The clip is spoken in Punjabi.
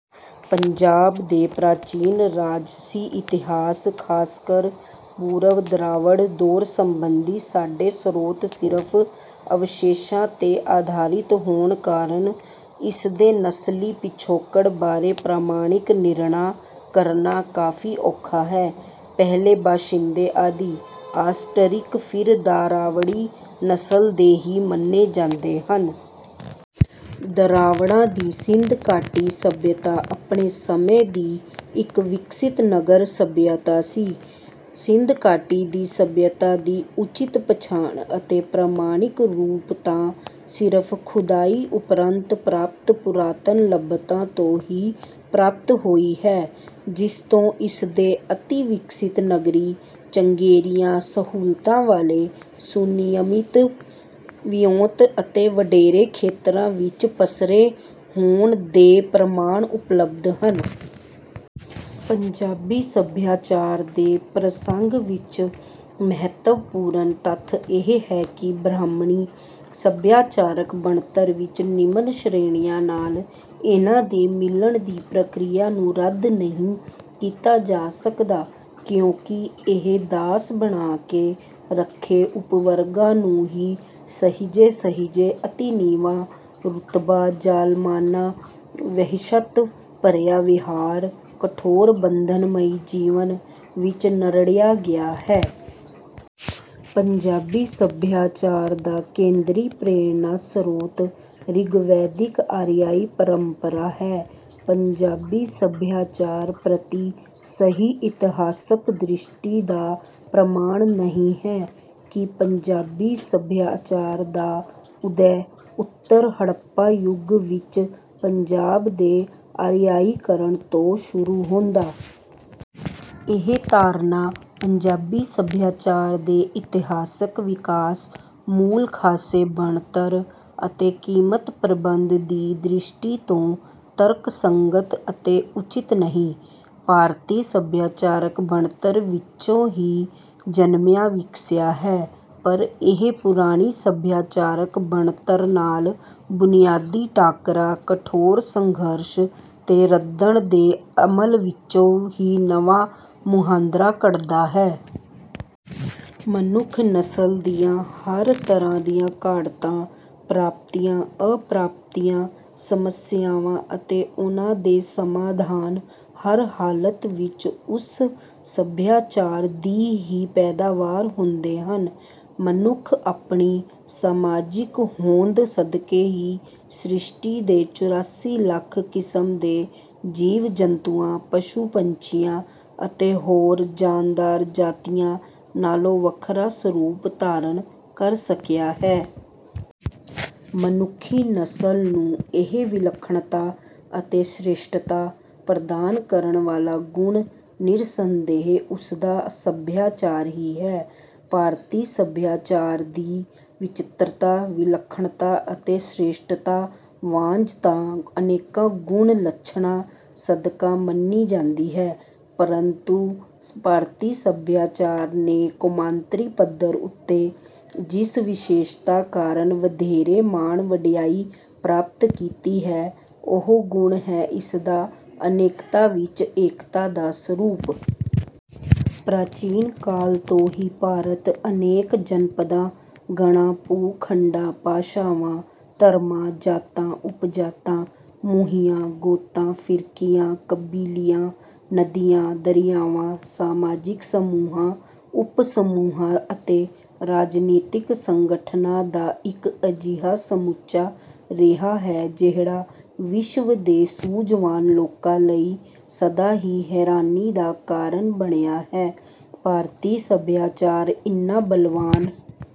ਪੰਜਾਬ ਦੇ ਪ੍ਰਾਚੀਨ ਰਾਜਸੀ ਇਤਿਹਾਸ, ਖਾਸਕਰ ਪੂਰਵ-ਦਰਾਵੜ ਦੌਰ ਸੰਬੰਧੀ ਸਾਡੇ ਸ੍ਰੋਤ ਸਿਰਫ ਅਵਸ਼ੇਸ਼ਾਂ ਤੇ ਆਧਾਰਿਤ ਹੋਣ ਕਾਰਨ, ਇਸਦੇ ਨਸਲੀ ਪਿਛੋਕੜ ਬਾਰੇ ਪ੍ਰਮਾਣਿਕ ਨਿਰਣਾ ਕਰਨਾ ਕਾਫ਼ੀ ਔਖਾ ਹੈ। ਪਹਿਲੇ ਬਾਸ਼ਿੰਦੇ ਆਦਿ, ਆਸਟਰਿਕ, ਫਿਰ ਦਰਾਵੜੀ ਨਸਲ ਦੇ ਹੀ ਮੰਨੇ ਜਾਂਦੇ ਹਨ। ਦਰਾਵੜਾਂ ਦੀ ਸਿੰਧ ਘਾਟੀ ਸਭਿਅਤਾ ਆਪਣੇ ਸਮੇਂ ਦੀ ਇੱਕ ਵਿਕਸਿਤ ਨਗਰ ਸਭਿਅਤਾ ਸੀ। ਸਿੰਧ ਘਾਟੀ ਦੀ ਸਭਿਅਤਾ ਦੀ ਉਚਿਤ ਪਛਾਣ ਅਤੇ ਪ੍ਰਮਾਣਿਕ ਰੂਪ ਤਾਂ ਸਿਰਫ ਖੁਦਾਈ ਉਪਰੰਤ ਪ੍ਰਾਪਤ ਪੁਰਾਤਨ ਲੱਭਤਾਂ ਤੋਂ ਹੀ ਪ੍ਰਾਪਤ ਹੋਈ ਹੈ, ਜਿਸਤੋਂ ਇਸਦੇ ਅਤਿ-ਵਿਕਸਿਤ ਨਗਰੀ, ਚੰਗੇਰੀਆਂ ਸਹੂਲਤਾਂ ਵਾਲੇ, ਸੁਨਿਯਮਿਤ ਵਿਉਂਤ ਅਤੇ ਵਡੇਰੇ ਖੇਤਰਾਂ ਵਿੱਚ ਪਸਰੇ ਹੋਣ ਦੇ ਪ੍ਰਮਾਣ ਉਪਲਬਧ ਹਨ। ਪੰਜਾਬੀ ਸਭਿਆਚਾਰ ਦੇ ਪ੍ਰਸੰਗ ਵਿੱਚ ਮਹੱਤਵਪੂਰਨ ਤੱਥ ਇਹ ਹੈ ਕਿ ਬ੍ਰਾਹਮਣੀ ਸਭਿਆਚਾਰਕ ਬਣਤਰ ਵਿੱਚ ਨਿਮਨ ਸ਼੍ਰੇਣੀਆਂ ਨਾਲ ਇਹਨਾਂ ਦੇ ਮਿਲਣ ਦੀ ਪ੍ਰਕਿਰਿਆ ਨੂੰ ਰੱਦ ਨਹੀਂ ਕੀਤਾ ਜਾ ਸਕਦਾ, ਕਿਉਂਕਿ ਇਹ ਦਾਸ ਬਣਾ ਕੇ ਰੱਖੇ ਉਪਵਰਗਾਂ ਨੂੰ ਹੀ ਸਹਿਜੇ-ਸਹਿਜੇ ਅਤਿ ਨੀਵਾਂ ਰੁਤਬਾ, ਜ਼ਾਲਮਾਨਾ ਵਹਿਸ਼ਤ ਭਰਿਆ ਵਿਹਾਰ, ਕਠੋਰ ਬੰਧਨਮਈ ਜੀਵਨ ਵਿੱਚ ਨਰੜਿਆ ਗਿਆ ਹੈ। ਪੰਜਾਬੀ ਸਭਿਆਚਾਰ ਦਾ ਕੇਂਦਰੀ ਪ੍ਰੇਰਣਾ-ਸਰੋਤ ਰਿਗਵੈਦਿਕ ਆਰਿਆਈ ਪਰੰਪਰਾ ਹੈ। ਪੰਜਾਬੀ ਸਭਿਆਚਾਰ ਪ੍ਰਤੀ ਸਹੀ ਇਤਿਹਾਸਕ ਦ੍ਰਿਸ਼ਟੀ ਦਾ ਪ੍ਰਮਾਣ ਨਹੀਂ ਹੈ ਕਿ ਪੰਜਾਬੀ ਸਭਿਆਚਾਰ ਦਾ ਉਦੈ ਉੱਤਰ-ਹੜੱਪਾ ਯੁਗ ਵਿੱਚ ਪੰਜਾਬ ਦੇ ਆਰਿਆਈਕਰਣ ਤੋਂ ਸ਼ੁਰੂ ਹੁੰਦਾ। ਇਹ ਧਾਰਨਾ ਪੰਜਾਬੀ ਸਭਿਆਚਾਰ ਦੇ ਇਤਿਹਾਸਕ ਵਿਕਾਸ, ਮੂਲ-ਖਾਸੇ, ਬਣਤਰ ਅਤੇ ਕੀਮਤ-ਪ੍ਰਬੰਧ ਦੀ ਦ੍ਰਿਸ਼ਟੀ ਤੋਂ ਤਰਕਸੰਗਤ ਅਤੇ ਉਚਿਤ ਨਹੀਂ। ਭਾਰਤੀ ਸਭਿਆਚਾਰਕ ਬਣਤਰ ਵਿੱਚੋਂ ਹੀ ਜਨਮਿਆਂ-ਵਿਕਸਿਆ ਹੈ, ਪਰ ਇਹ ਪੁਰਾਣੀ ਸਭਿਆਚਾਰਕ ਬਣਤਰ ਨਾਲ ਬੁਨਿਆਦੀ ਟਾਕਰਾ, ਕਠੋਰ ਸੰਘਰਸ਼ ਤੇ ਰੱਦਣ ਦੇ ਅਮਲ ਵਿੱਚੋਂ ਹੀ ਨਵਾਂ ਮੁਹਾਂਦਰਾ ਘੜਦਾ ਹੈ। ਮਨੁੱਖ ਨਸਲ ਦੀਆਂ ਹਰ ਤਰ੍ਹਾਂ ਦੀਆਂ ਘਾੜਤਾਂ, ਪ੍ਰਾਪਤੀਆਂ, ਅਪ੍ਰਾਪਤੀਆਂ, ਸਮੱਸਿਆਵਾਂ ਅਤੇ ਉਨ੍ਹਾਂ ਦੇ ਸਮਾਧਾਨ ਹਰ ਹਾਲਤ ਵਿੱਚ ਉਸ ਸਭਿਆਚਾਰ ਦੀ ਹੀ ਪੈਦਾਵਾਰ ਹੁੰਦੇ ਹਨ। ਮਨੁੱਖ ਆਪਣੀ ਸਮਾਜਿਕ ਹੋਂਦ ਸਦਕੇ ਹੀ ਸ੍ਰਿਸ਼ਟੀ ਦੇ ਚੁਰਾਸੀ ਲੱਖ ਕਿਸਮ ਦੇ ਜੀਵ-ਜੰਤੂਆਂ, ਪਸ਼ੂ-ਪੰਛੀਆਂ ਅਤੇ ਹੋਰ ਜਾਨਦਾਰ ਜਾਤੀਆਂ ਨਾਲੋਂ ਵੱਖਰਾ ਸਰੂਪ ਧਾਰਨ ਕਰ ਸਕਿਆ ਹੈ। ਮਨੁੱਖੀ ਨਸਲ ਨੂੰ ਇਹ 'ਵਿਲੱਖਣਤਾ' ਅਤੇ 'ਸ਼੍ਰੇਸ਼ਟਤਾ' ਪ੍ਰਦਾਨ ਕਰਨ ਵਾਲਾ ਗੁਣ ਨਿਰਸੰਦੇਹ ਉਸਦਾ ਸਭਿਆਚਾਰ ਹੀ ਹੈ। ਭਾਰਤੀ ਸਭਿਆਚਾਰ ਦੀ 'ਵਿਚਿੱਤਰਤਾ', 'ਵਿਲੱਖਣਤਾ' ਅਤੇ 'ਸ਼੍ਰੇਸ਼ਟਤਾ' ਵਾਂਜ ਤਾਂ ਅਨੇਕਾਂ ਗੁਣ-ਲੱਛਣਾਂ ਸਦਕਾ ਮੰਨੀ ਜਾਂਦੀ ਹੈ, ਪਰੰਤੂ ਭਾਰਤੀ ਸਭਿਆਚਾਰ ਨੇ ਕੌਮਾਂਤਰੀ ਪੱਧਰ ਉੱਤੇ ਜਿਸ ਵਿਸ਼ੇਸ਼ਤਾ ਕਾਰਨ ਵਧੇਰੇ ਮਾਣ-ਵਡਿਆਈ ਪ੍ਰਾਪਤ ਕੀਤੀ ਹੈ, ਉਹ ਗੁਣ ਹੈ ਇਸਦਾ 'ਅਨੇਕਤਾ' ਵਿੱਚ 'ਏਕਤਾ' ਦਾ ਸਰੂਪ। ਪ੍ਰਾਚੀਨ ਕਾਲ ਤੋਂ ਹੀ ਭਾਰਤ ਅਨੇਕ 'ਜਨਪਦਾਂ', ਗਣਾਂ, ਭੂ-ਖੰਡਾਂ, ਭਾਸ਼ਾਵਾਂ, ਧਰਮਾਂ, ਜਾਤਾਂ, ਉਪਜਾਤਾਂ, ਮੂੰਹੀਆਂ, ਗੋਤਾਂ, ਫ਼ਿਰਕਿਆਂ, ਕਬੀਲਿਆਂ, ਨਦੀਆਂ, ਦਰਿਆਵਾਂ, ਸਮਾਜਿਕ ਸਮੂਹਾਂ, ਉਪ-ਸਮੂਹਾਂ ਅਤੇ ਰਾਜਨੀਤਕ ਸੰਗਠਨਾਂ ਦਾ ਇੱਕ ਅਜਿਹਾ ਸਮੁੱਚਾ ਰਿਹਾ ਹੈ, ਜਿਹੜਾ ਵਿਸ਼ਵ ਦੇ ਸੂਝਵਾਨ ਲੋਕਾਂ ਲਈ ਸਦਾ ਹੀ ਹੈਰਾਨੀ ਦਾ ਕਾਰਨ ਬਣਿਆ ਹੈ। ਭਾਰਤੀ ਸਭਿਆਚਾਰ ਇੰਨਾ ਬਲਵਾਨ